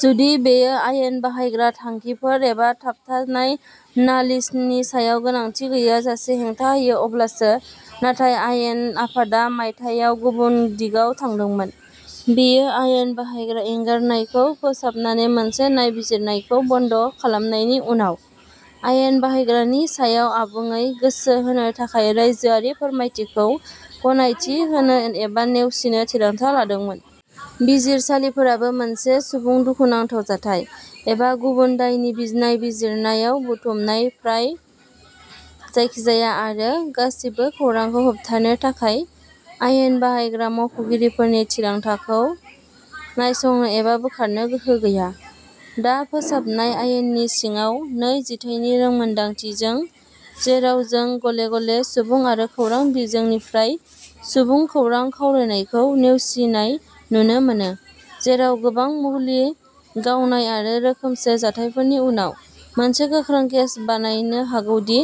जुदि बेयो आयेन बाहायग्रा थांखिफोर एबा थाबथानाय नालिसनि सायाव गोनांथि गैयाजासे हेंथा होयो अब्लासो। नाथाय आयेन आफादा मायथाइयाव गुबुन दिगाव थांदोंमोन। बेयो आयेन बाहायग्रा एंगारनायखौ फोसाबनानै मोनसे नायबिजिरनायखौ बन्द खालामनायनि उनाव आयेन बाहायग्रानि सायाव आबुङै गोसो होनो थाखाय रायजोआरि फोरमायथिखौ गनायथि होनो एबा नेवसिनो थिरांथा लादोंमोन। बिजिरसालिफोराबो मोनसे सुबुं दुखुनांथाव जाथाय एबा गुबुन दायनि बिज नायबिजिरनायाव बुथुमनाय फ्राय जायखिजाया आरो गासिबो खौरांखौ होबथानो थाखाय आयेन बाहायग्रा मावख'गिरिफोरनि थिरांथाखौ नायसंनो एबा बोखारनो गोहो गैया। दा, फोसाबनाय आयेननि सिङाव नै जिथायनि रोंमोनदांथिजों जेराव जों गले-गले सुबुं आरो खौरां बिजोंनिफ्राय सुबुं खौरां खावलायनायखौ नेवसिनाय नुनो मोनो, जेराव गोबां गुलि गावनाय आरो रोखोमसे जाथायफोरनि उनाव, मोनसे गोख्रों केस बानायनो हागौ दि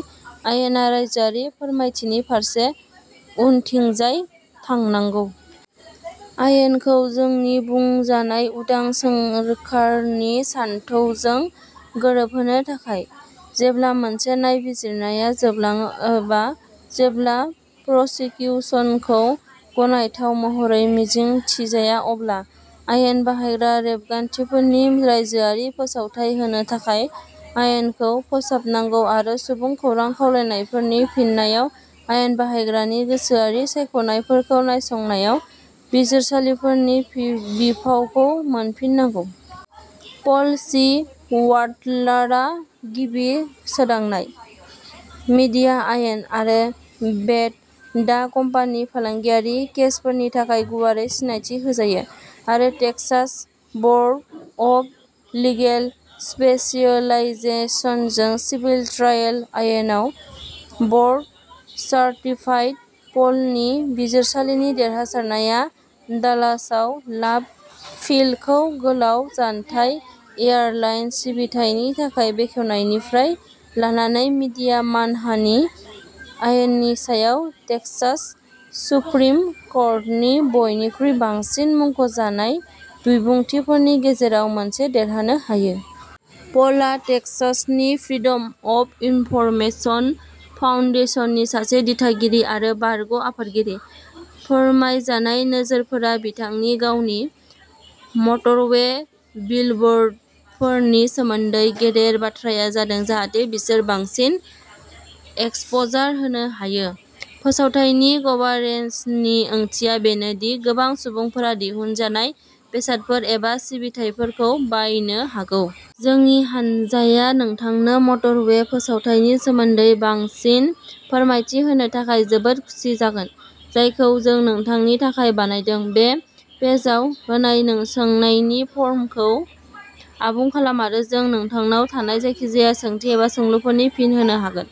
आयेना रायजोआरि फोरमायथिनि फारसे उनथिंजाय थांनांगौ। आयेनखौ जोंनि बुंजानाय उदां सोंरोखारनि सानथौजों गोरोबहोनो थाखाय, जेब्ला मोनसे नायबिजिरनाया जोबलाङो ओबा जेब्ला प्रसिकिउसनखौ गनायथाव महरै मिजिंथिजाया अब्ला आयेन बाहायग्रा रेबगान्थिफोरनि रायजोआरि फोसावथाय होनो थाखाय आइनखौ फोसाबनांगौ आरो सुबुं खौरां खावलायनायफोरनि फिननायाव आयेन बाहायग्रानि गोसोआरि सायख'नायफोरखौ नायसंनायाव बिजिरसालिफोरनि बि बिफावखौ मोनफिननांगौ। पल सि वाट्लारआ गिबि सोदांनाय, मीडिया आयेन, आरो बेट दा कम्पानि फालांगियारि केसफोरनि थाखाय गुवारै सिनायथि होजायो आरो टेक्सास बर्ड अफ लिगेल स्पेशियलाइजेशनजों सिभिल ट्रायल आयेनाव बर्ड सार्टिफाइड। पलनि बिजिरसालिनि देरहासारनाया डालासआव लाभ फील्डखौ गोलाव जानथाय एयारलाइन सिबिथायनि थाखाय बेखेवनायनिफ्राय लानानै मीडिया मानहानि आयेननि सायाव टेक्सास सुप्रिम कर्टनि बयनिख्रुइ बांसिन मुंख'जानाय बिबुंथिफोरनि गेजेराव मोनसे देरहानो हायो। पलआ टेक्सासनि फ्रिडम अफ इनफरमेशन फाउन्डेशननि सासे दिथागिरि आरो बारग' आफादगिरि। फोरमायजानाय नोजोरफोरा बिथांनि गावनि। मटरवे बिलबोर्डफोरनि सोमोन्दै गेदेर बाथ्राया जादों जाहाथे बिसोर बांसिन एक्सप'जार होनो हायो। फोसावथायनि कभारेजनि ओंथिया बेनो दि गोबां सुबुंफोरा दिहुनजानाय बेसादफोर एबा सिबिथाइफोरखौ बायनो हागौ। जोंनि हान्जाया नोंथांनो मटरवे फोसावथायनि सोमोन्दै बांसिन फोरमायथि होनो थाखाय जोबोद खुसि जागोन, जायखौ जों नोंथांनि थाखाय बानायदों बे पेजआव होनाय नोंसोंनायनि फर्मखौ आबुं खालाम आरो जों नोंथांनाव थानाय जायखिजाया सोंथि एबा सोंलुफोरनि फिन होनो हागोन।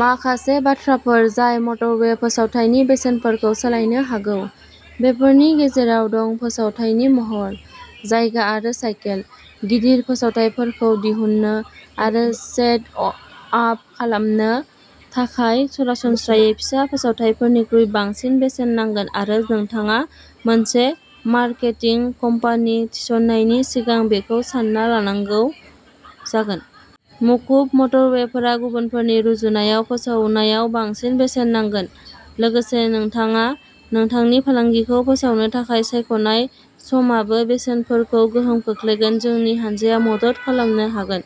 माखासे बाथ्राफोर जाय मटरवे फोसावथायनि बेसेनफोरखौ सोलायनो हागौ, बेफोरनि गेजेराव दं फोसावथायनि महर, जायगा आरो साइकेल। गिदिर फोसावथाइफोरखौ दिहुन्नो आरो सेट अआप खालामनो थाखाय सरासनस्रायै फिसा फोसावथाइफोरनिख्रुइ बांसिन बेसेन नांगोन आरो नोंथाङा मोनसे मार्केटिं कम्पानि थिसननायनि सिगां बेखौ सान्ना लानांगौ जागोन। मुखुब मटरवेफोरा गुबुनफोरनि रुजुनायाव फोसावनायाव बांसिन बेसेन नांगोन। लोगोसे, नोंथाङा नोंथांनि फालांगिखौ फोसावनो थाखाय सायख'नाय समआबो बेसेनफोरखौ गोहोम खोख्लैगोन। जोंनि हान्जाया मदद खालामनो हागोन।